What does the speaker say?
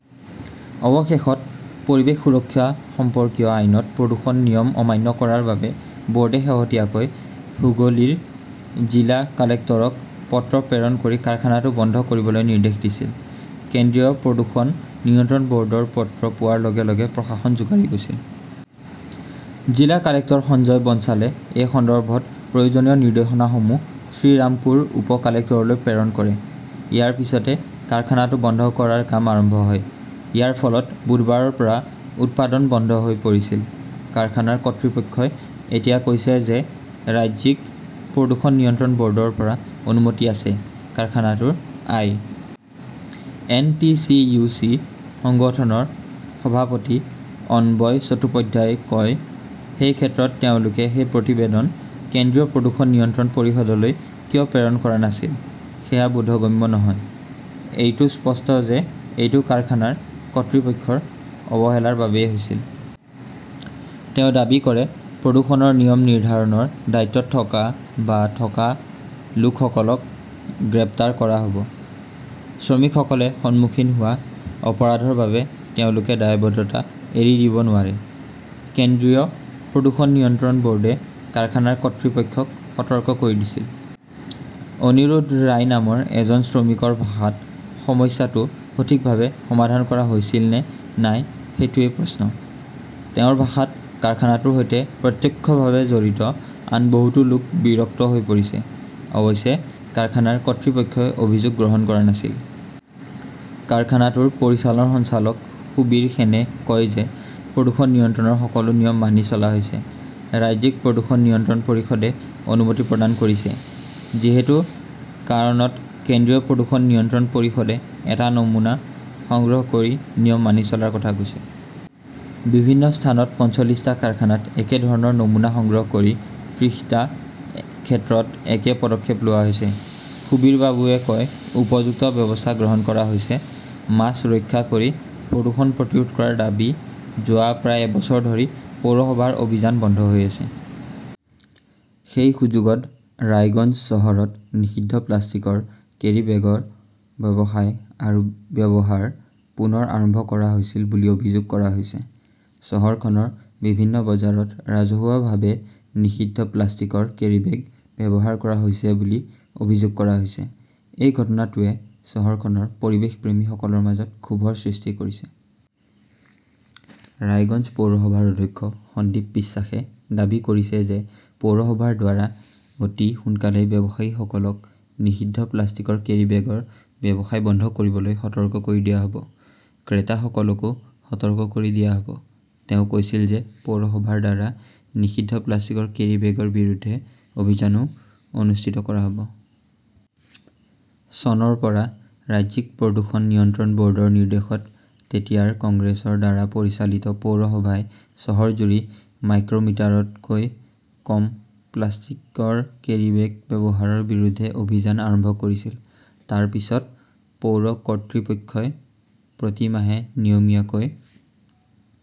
অৱশেষত পৰিৱেশ সুৰক্ষা সম্পৰ্কীয় আইনত প্ৰদূষণৰ নিয়ম অমান্য কৰাৰ বাবে বৰ্ডে শেহতীয়াকৈ হুগলীৰ জিলা কালেক্টৰক পত্ৰ প্ৰেৰণ কৰি কাৰখানাটো বন্ধ কৰিবলৈ নিৰ্দেশ দিছিল। কেন্দ্ৰীয় প্ৰদূষণ নিয়ন্ত্ৰণ বৰ্ডৰ পত্ৰ পোৱাৰ লগে লগে প্ৰশাসন জোকাৰি গৈছিল। জিলা কালেক্টৰ সঞ্জয় বনছালে এই সন্দৰ্ভত প্ৰয়োজনীয় নিৰ্দেশনাসমূহ শ্ৰীৰামপুৰ উপ-কালেক্টৰলৈ প্ৰেৰণ কৰে। ইয়াৰ পিছতে কাৰখানাটো বন্ধ কৰাৰ কাম আৰম্ভ হয়। ইয়াৰ ফলত বুধবাৰৰ পৰা উৎপাদন বন্ধ হৈ পৰিছিল। কাৰখানাৰ কৰ্তৃপক্ষই এতিয়া কৈছে যে ৰাজ্যিক প্ৰদূষণ নিয়ন্ত্ৰণ বৰ্ডৰ পৰা অনুমতি আছে কাৰখানাটোৰ I. N. T. T. U. C. সংগঠনৰ সভাপতি অনবয় চট্টোপাধ্যায়ই কয়। সেই ক্ষেত্ৰত তেওঁলোকে সেই প্ৰতিবেদন কেন্দ্ৰীয় প্ৰদূষণ নিয়ন্ত্ৰণ পৰিষদলৈ কিয় প্ৰেৰণ কৰা নাছিল সেয়া বোধগম্য নহয়। এইটো স্পষ্ট যে এইটো কাৰখানাৰ কৰ্তৃপক্ষৰ অৱহেলাৰ বাবেই হৈছিল। তেওঁ দাবী কৰে, প্ৰদূষণৰ নিয়ম নিৰ্ধাৰণৰ দায়িত্বত থকা বা থকা লোকসকলক গ্ৰেপ্তাৰ কৰা হ'ব। শ্ৰমিকসকলে সন্মুখীন হোৱা অপৰাধৰ বাবে তেওঁলোকে দায়বদ্ধতা এৰি দিব নোৱাৰে। কেন্দ্ৰীয় প্ৰদূষণ নিয়ন্ত্ৰণ বৰ্ডে কাৰখানাৰ কৰ্তৃপক্ষক সতৰ্ক কৰি দিছিল। অনিৰোধ ৰায় নামৰ এজন শ্ৰমিকৰ ভাষাত সমস্যাটো সঠিকভাৱে সমাধান কৰা হৈছিল নে নাই সেইটোৱেই প্ৰশ্ন। তেওঁৰ ভাষাত কাৰখানাটোৰ সৈতে প্ৰত্যক্ষভাৱে জড়িত আন বহুতো লোক বিৰক্ত হৈ পৰিছে। অৱশ্যে কাৰখানাৰ কৰ্তৃপক্ষই অভিযোগ গ্ৰহণ কৰা নাছিল। কাৰখানাটোৰ পৰিচালন সঞ্চালক সুবীৰ সেনে কয় যে, প্ৰদূষণ নিয়ন্ত্ৰণৰ সকলো নিয়ম মানি চলা হৈছে। ৰাজ্যিক প্ৰদূষণ নিয়ন্ত্ৰণ পৰিষদে অনুমতি প্ৰদান কৰিছে। যিকোনো কাৰণত কেন্দ্ৰীয় প্ৰদূষণ নিয়ন্ত্ৰণ পৰিষদে এটা নমুনা সংগ্ৰহ কৰি নিয়ম মানি চলাৰ কথা কৈছে। বিভিন্ন স্থানত পঞ্চলিছটা কাৰখানাত একে ধৰণৰ নমুনা সংগ্ৰহ কৰি ত্ৰিশটা ক্ষেত্ৰত একে পদক্ষেপ লোৱা হৈছে। সুবীৰবাবুৱে কয়, উপযুক্ত ব্যৱস্থা গ্ৰহণ কৰা হৈছে। । মাছ ৰক্ষা কৰি প্ৰদূষণ প্ৰতিৰোধ কৰাৰ দাবী যোৱা প্ৰায় এবছৰ ধৰি পৌৰসভাৰ অভিযান বন্ধ হৈ আছে। সেই সুযোগত ৰায়গঞ্জ চহৰত নিষিদ্ধ প্লাষ্টিকৰ কেৰিব্যাগৰ ব্যৱসায় আৰু ব্যৱহাৰ পুনৰ আৰম্ভ কৰা হৈছিল বুলি অভিযোগ কৰা হৈছে। চহৰখনৰ বিভিন্ন বজাৰত ৰাজহুৱাভাৱে নিষিদ্ধ প্লাষ্টিকৰ কেৰীবেগ ব্যৱহাৰ কৰা হৈছে বুলি অভিযোগ কৰা হৈছে। এই ঘটনাটোৱে চহৰখনৰ পৰিৱেশপ্ৰেমী সকলৰ মাজত ক্ষোভৰ সৃষ্টি কৰিছে। ৰায়গঞ্জ পৌৰসভাৰ অধ্যক্ষ সন্দীপ বিশ্বাসে দাবী কৰিছে যে পৌৰসভাৰ দ্বাৰা অতি সোনকালেই ব্যৱসায়ীসকলক নিষিদ্ধ প্লাষ্টিকৰ কেৰিবেগৰ ব্যৱসায় বন্ধ কৰিবলৈ সতৰ্ক কৰি দিয়া হ 'ব। ক্ৰেতাসকলকো সতৰ্ক কৰি দিয়া হ'ব। তেওঁ কৈছিল যে পৌৰসভাৰ দ্বাৰা নিষিদ্ধ প্লাষ্টিক কেৰিবেগৰ বিৰুদ্ধে অভিযানও অনুষ্ঠিত কৰা হব । চনৰ পৰা ৰাজ্যিক প্ৰদূষণ নিয়ন্ত্ৰণ বৰ্ডৰ নিৰ্দেশত তেতিয়াৰ কংগ্ৰেছৰ দ্বাৰা পৰিচালিত পৌৰসভাই চহৰজুৰি মাইক্ৰ' মিটাৰতকৈ কম প্লাষ্টিকৰ কেৰিবেগ ব্যৱহাৰৰ বিৰুদ্ধে অভিযান আৰম্ভ কৰিছিল। তাৰ পিছত পৌৰ কৰ্তৃপক্ষই প্ৰতি মাহে নিয়মীয়াকৈ